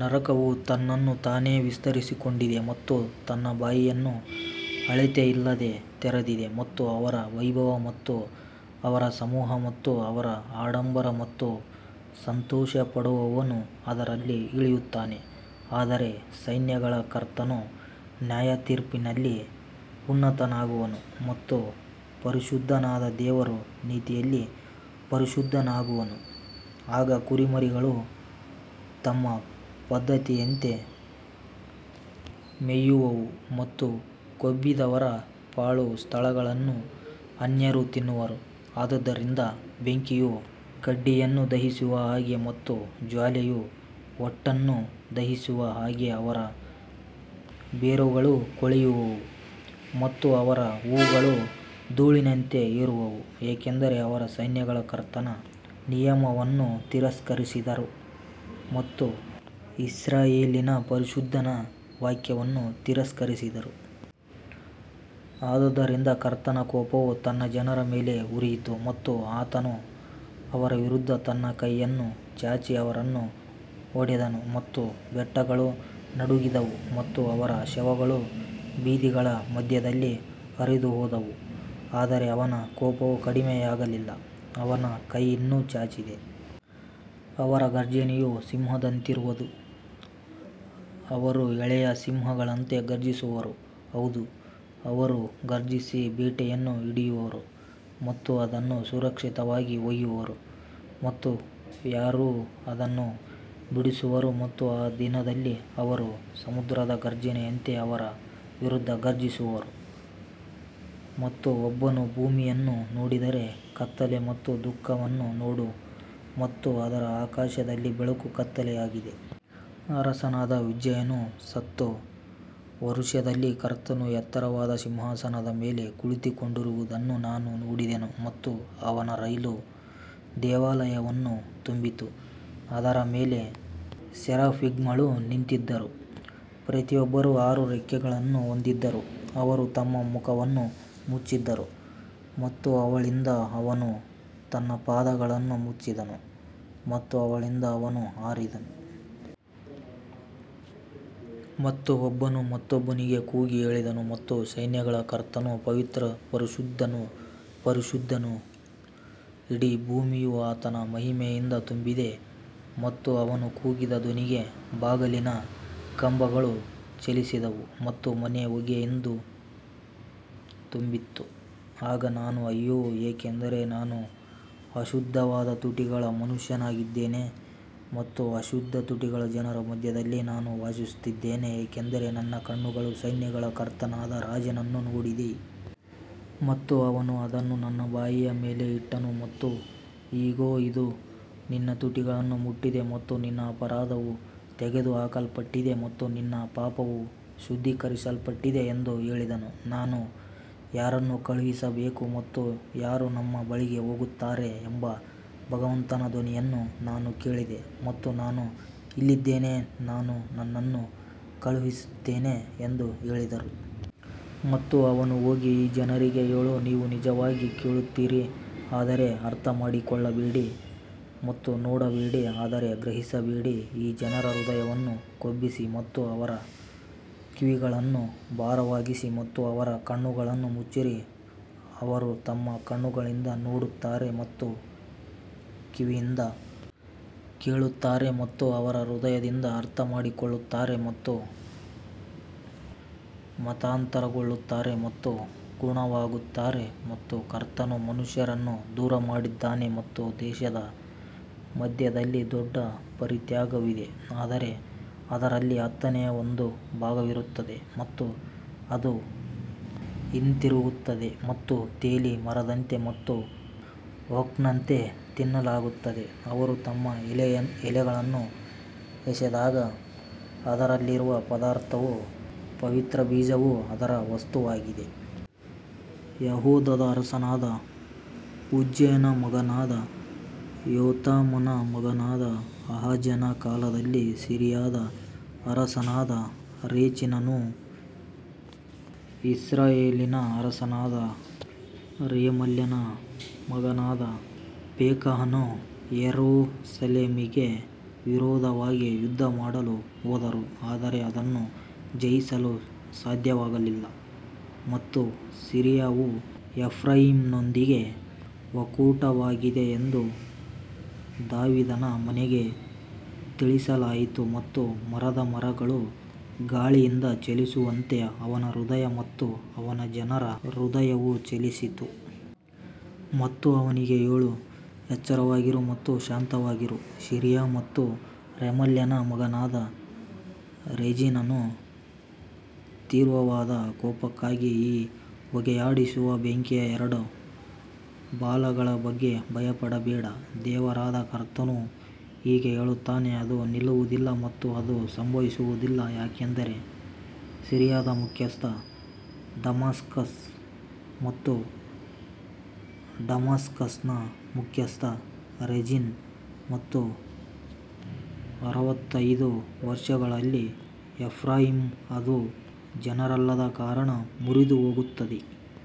ನರಕವು ತನ್ನನ್ನು ತಾನೇ ವಿಸ್ತರಿಸಿಕೊಂಡಿದೆ ಮತ್ತು ತನ್ನ ಬಾಯಿಯನ್ನು ಅಳತೆಯಿಲ್ಲದೆ ತೆರೆದಿದೆ ಮತ್ತು ಅವರ ವೈಭವ ಮತ್ತು ಅವರ ಸಮೂಹ ಮತ್ತು ಅವರ ಆಡಂಬರ ಮತ್ತು ಸಂತೋಷಪಡುವವನು ಅದರಲ್ಲಿ ಇಳಿಯುತ್ತಾನೆ. ಆದರೆ ಸೈನ್ಯಗಳ ಕರ್ತನು ನ್ಯಾಯತೀರ್ಪಿನಲ್ಲಿ ಉನ್ನತನಾಗುವನು ಮತ್ತು ಪರಿಶುದ್ಧನಾದ ದೇವರು ನೀತಿಯಲ್ಲಿ ಪರಿಶುದ್ಧನಾಗುವನು. ಆಗ ಕುರಿಮರಿಗಳು ತಮ್ಮ ಪದ್ಧತಿಯಂತೆ ಮೇಯುವವು ಮತ್ತು ಕೊಬ್ಬಿದವರ ಪಾಳು ಸ್ಥಳಗಳನ್ನು ಅನ್ಯರು ತಿನ್ನುವರು ಆದದರಿಂದ ಬೆಂಕಿಯು ಕಡ್ಡಿಯನ್ನು ದಹಿಸುವ ಹಾಗೆ ಮತ್ತು ಜ್ವಾಲೆಯು ಹೊಟ್ಟನ್ನು ದಹಿಸುವ ಹಾಗೆ ಅವರ ಬೇರುಗಳು ಕೊಳೆಯುವವು ಮತ್ತು ಅವರ ಹೂವುಗಳು ಧೂಳಿನಂತೆ ಏರುವವು, ಏಕೆಂದರೆ ಅವರು ಸೈನ್ಯಗಳ ಕರ್ತನ ನಿಯಮವನ್ನು ತಿರಸ್ಕರಿಸಿದರು ಮತ್ತು ಇಸ್ರಾಯೇಲಿನ ಪರಿಶುದ್ಧನ ವಾಕ್ಯವನ್ನು ತಿರಸ್ಕರಿಸಿದರು. ಆದದರಿಂದ ಕರ್ತನ ಕೋಪವು ತನ್ನ ಜನರ ಮೇಲೆ ಉರಿಯಿತು ಮತ್ತು ಆತನು ಅವರ ವಿರುದ್ಧ ತನ್ನ ಕೈಯನ್ನು ಚಾಚಿ ಅವರನ್ನು ಹೊಡೆದನು ಮತ್ತು ಬೆಟ್ಟಗಳು ನಡುಗಿದವು ಮತ್ತು ಅವರ ಶವಗಳು ಬೀದಿಗಳ ಮಧ್ಯದಲ್ಲಿ ಹರಿದುಹೋದವು ಆದರೆ ಅವನ ಕೋಪವು ಕಡಿಮೆಯಾಗಲಿಲ್ಲ. ಅವನ ಕೈ ಇನ್ನೂ ಚಾಚಿದೆ ಅವರ ಘರ್ಜನೆಯು ಸಿಂಹದಂತಿರುವದು ಅವರು ಎಳೆಯ ಸಿಂಹಗಳಂತೆ ಗರ್ಜಿಸುವರು ಹೌದು ಅವರು ಘರ್ಜಿಸಿ ಬೇಟೆಯನ್ನು ಹಿಡಿಯುವರು ಮತ್ತು ಅದನ್ನು ಸುರಕ್ಷಿತವಾಗಿ ಒಯ್ಯುವರು ಮತ್ತು ಯಾರೂ ಅದನ್ನು ಬಿಡಿಸುವರು ಮತ್ತು ಆ ದಿನದಲ್ಲಿ ಅವರು ಸಮುದ್ರದ ಘರ್ಜನೆಯಂತೆ ಅವರ ವಿರುದ್ಧ ಘರ್ಜಿಸುವರು ಮತ್ತು ಒಬ್ಬನು ಭೂಮಿಯನ್ನು ನೋಡಿದರೆ ಕತ್ತಲೆ ಮತ್ತು ದುಃಖವನ್ನು ನೋಡು ಮತ್ತು ಅದರ ಆಕಾಶದಲ್ಲಿ ಬೆಳಕು ಕತ್ತಲೆಯಾಗಿದೆ. ಅರಸನಾದ ಉಜ್ಜೀಯನು ಸತ್ತ ವರುಷದಲ್ಲಿ ಕರ್ತನು ಎತ್ತರವಾದ ಸಿಂಹಾಸನದ ಮೇಲೆ ಕುಳಿತುಕೊಂಡಿರುವುದನ್ನು ನಾನು ನೋಡಿದೆನು ಮತ್ತು ಅವನ ರೈಲು ದೇವಾಲಯವನ್ನು ತುಂಬಿತು. ಅದರ ಮೇಲೆ ಸೆರಾಫಿಮ್ಗಳು ನಿಂತಿದ್ದರು, ಪ್ರತಿಯೊಬ್ಬರೂ ಆರು ರೆಕ್ಕೆಗಳನ್ನು ಹೊಂದಿದ್ದರು, ಅವರು ತಮ್ಮ ಮುಖವನ್ನು ಮುಚ್ಚಿದರು ಮತ್ತು ಅವಳಿಂದ ಅವನು ತನ್ನ ಪಾದಗಳನ್ನು ಮುಚ್ಚಿದನು ಮತ್ತು ಅವಳಿಂದ ಅವನು ಹಾರಿದನು. ಮತ್ತು ಒಬ್ಬನು ಮತ್ತೊಬ್ಬನಿಗೆ ಕೂಗಿ ಹೇಳಿದನು ಮತ್ತು ಸೈನ್ಯಗಳ ಕರ್ತನು ಪವಿತ್ರ ಪರಿಶುದ್ಧನು ಪರಿಶುದ್ಧನು, ಇಡೀ ಭೂಮಿಯು ಆತನ ಮಹಿಮೆಯಿಂದ ತುಂಬಿದೆ. ಮತ್ತು ಅವನು ಕೂಗಿದ ಧ್ವನಿಗೆ ಬಾಗಿಲಿನ ಕಂಬಗಳು ಚಲಿಸಿದವು ಮತ್ತು ಮನೆ ಹೊಗೆಯಿಂದ ತುಂಬಿತ್ತು ಆಗ ನಾನು ಅಯ್ಯೋ, ಏಕೆಂದರೆ ನಾನು ಅಶುದ್ಧವಾದ ತುಟಿಗಳ ಮನುಷ್ಯನಾಗಿದ್ದೇನೆ ಮತ್ತು ಅಶುದ್ಧ ತುಟಿಗಳ ಜನರ ಮಧ್ಯದಲ್ಲಿ ನಾನು ವಾಸಿಸುತ್ತಿದ್ದೇನೆ ಏಕೆಂದರೆ ನನ್ನ ಕಣ್ಣುಗಳು ಸೈನ್ಯಗಳ ಕರ್ತನಾದ ರಾಜನನ್ನು ನೋಡಿದೆ. ಮತ್ತು ಅವನು ಅದನ್ನು ನನ್ನ ಬಾಯಿಯ ಮೇಲೆ ಇಟ್ಟನು ಮತ್ತು ಇಗೋ ಇದು ನಿನ್ನ ತುಟಿಗಳನ್ನು ಮುಟ್ಟಿದೆ ಮತ್ತು ನಿನ್ನ ಅಪರಾಧವು ತೆಗೆದುಹಾಕಲ್ಪಟ್ಟಿದೆ ಮತ್ತು ನಿನ್ನ ಪಾಪವು ಶುದ್ಧೀಕರಿಸಲ್ಪಟ್ಟಿದೆ ಎಂದು ಹೇಳಿದನು. ನಾನು ಯಾರನ್ನು ಕಳುಹಿಸಬೇಕು ಮತ್ತು ಯಾರು ನಮ್ಮ ಬಳಿಗೆ ಹೋಗುತ್ತಾರೆ ಎಂಬ ಭಗವಂತನ ಧ್ವನಿಯನ್ನು ನಾನು ಕೇಳಿದೆ ಮತ್ತು ನಾನು ಇಲ್ಲಿದ್ದೇನೆ ನಾನು ನನ್ನನ್ನು ಕಳುಹಿಸುತ್ತೇನೆ ಎಂದು ಹೇಳಿದರು. ಮತ್ತು ಅವನು ಹೋಗಿ ಈ ಜನರಿಗೆ ಹೇಳು ನೀವು ನಿಜವಾಗಿ ಕೇಳುತ್ತೀರಿ ಆದರೆ ಅರ್ಥಮಾಡಿಕೊಳ್ಳಬೇಡಿ ಮತ್ತು ನೋಡಬೇಡಿ ಆದರೆ ಗ್ರಹಿಸಬೇಡಿ ಈ ಜನರ ಹೃದಯವನ್ನು ಕೊಬ್ಬಿಸಿ ಮತ್ತು ಅವರ ಕಿವಿಗಳನ್ನು ಭಾರವಾಗಿಸಿ ಮತ್ತು ಅವರ ಕಣ್ಣುಗಳನ್ನು ಮುಚ್ಚಿರಿ ಅವರು ತಮ್ಮ ಕಣ್ಣುಗಳಿಂದ ನೋಡುತ್ತಾರೆ ಮತ್ತು ಕಿವಿಯಿಂದ ಕೇಳುತ್ತಾರೆ ಮತ್ತು ಅವರ ಹೃದಯದಿಂದ ಅರ್ಥಮಾಡಿಕೊಳ್ಳುತ್ತಾರೆ ಮತ್ತು ಮತಾಂತರಗೊಳ್ಳುತ್ತಾರೆ ಮತ್ತು ಗುಣವಾಗುತ್ತಾರೆ ಮತ್ತು ಕರ್ತನು ಮನುಷ್ಯರನ್ನು ದೂರಮಾಡಿದ್ದಾನೆ ಮತ್ತು ದೇಶದ ಮಧ್ಯದಲ್ಲಿ ದೊಡ್ಡ ಪರಿತ್ಯಾಗವಿದೆ ಆದರೆ ಅದರಲ್ಲಿ ಹತ್ತನೇ ಒಂದು ಭಾಗವಿರುತ್ತದೆ ಮತ್ತು ಅದು ಹಿಂತಿರುಗುತ್ತದೆ ಮತ್ತು ತೇಲಿ ಮರದಂತೆ ಮತ್ತು ಓಕ್ನಂತೆ ತಿನ್ನಲಾಗುತ್ತದೆ, ಅವರು ತಮ್ಮ ಎಲೆಗಳನ್ನು ಎಸೆದಾಗ ಅದರಲ್ಲಿರುವ ಪದಾರ್ಥವು ಪವಿತ್ರ ಬೀಜವು ಅದರ ವಸ್ತುವಾಗಿದೆ. ಯೆಹೂದದ ಅರಸನಾದ ಉಜ್ಜೀಯನ ಮಗನಾದ ಯೋತಾಮನ ಮಗನಾದ ಆಹಾಜನ ಕಾಲದಲ್ಲಿ ಸಿರಿಯಾದ ಅರಸನಾದ ರೆಚೀನನೂ ಇಸ್ರಾಯೇಲಿನ ಅರಸನಾದ ರೆಮಲ್ಯನ ಮಗನಾದ ಪೆಕಹನೂ ಯೆರೂಸಲೇಮಿಗೆ ವಿರೋಧವಾಗಿ ಯುದ್ಧಮಾಡಲು ಹೋದರು ಆದರೆ ಅದನ್ನು ಜಯಿಸಲು ಸಾಧ್ಯವಾಗಲಿಲ್ಲ. ಮತ್ತು ಸಿರಿಯಾವು ಎಫ್ರಾಯೀಮ್ನೊಂದಿಗೆ ಒಕ್ಕೂಟವಾಗಿದೆ ಎಂದು ದಾವೀದನ ಮನೆಗೆ ತಿಳಿಸಲಾಯಿತು ಮತ್ತು ಮರದ ಮರಗಳು ಗಾಳಿಯಿಂದ ಚಲಿಸುವಂತೆ ಅವನ ಹೃದಯ ಮತ್ತು ಅವನ ಜನರ ಹೃದಯವು ಚಲಿಸಿತು. ಮತ್ತು ಅವನಿಗೆ ಹೇಳು, ಎಚ್ಚರವಾಗಿರಿ ಮತ್ತು ಶಾಂತವಾಗಿರು, ಸಿರಿಯಾ ಮತ್ತು ರೆಮಲ್ಯನ ಮಗನಾದ ರೆಜೀನನ ತೀವ್ರವಾದ ಕೋಪಕ್ಕಾಗಿ ಈ ಹೊಗೆಯಾಡಿಸುವ ಬೆಂಕಿಯ ಎರಡು ಬಾಲಗಳ ಬಗ್ಗೆ ಭಯಪಡಬೇಡ. ದೇವರಾದ ಕರ್ತನು ಹೀಗೆ ಹೇಳುತ್ತಾನೆ ಅದು ನಿಲ್ಲುವುದಿಲ್ಲ ಮತ್ತು ಅದು ಸಂಭವಿಸುವುದಿಲ್ಲ ಯಾಕಂದರೆ ಸಿರಿಯಾದ ಮುಖ್ಯಸ್ಥ ದಮಾಸ್ಕಸ್ ಮತ್ತು ಡಮಾಸ್ಕಸ್ನ ಮುಖ್ಯಸ್ಥ ರೆಜಿನ್ ಮತ್ತು ಅರವತ್ತೈದು ವರ್ಷಗಳಲ್ಲಿ ಎಫ್ರಾಯೀಮ್ ಅದು ಜನರಲ್ಲದ ಕಾರಣ ಮುರಿದುಹೋಗುತ್ತದೆ.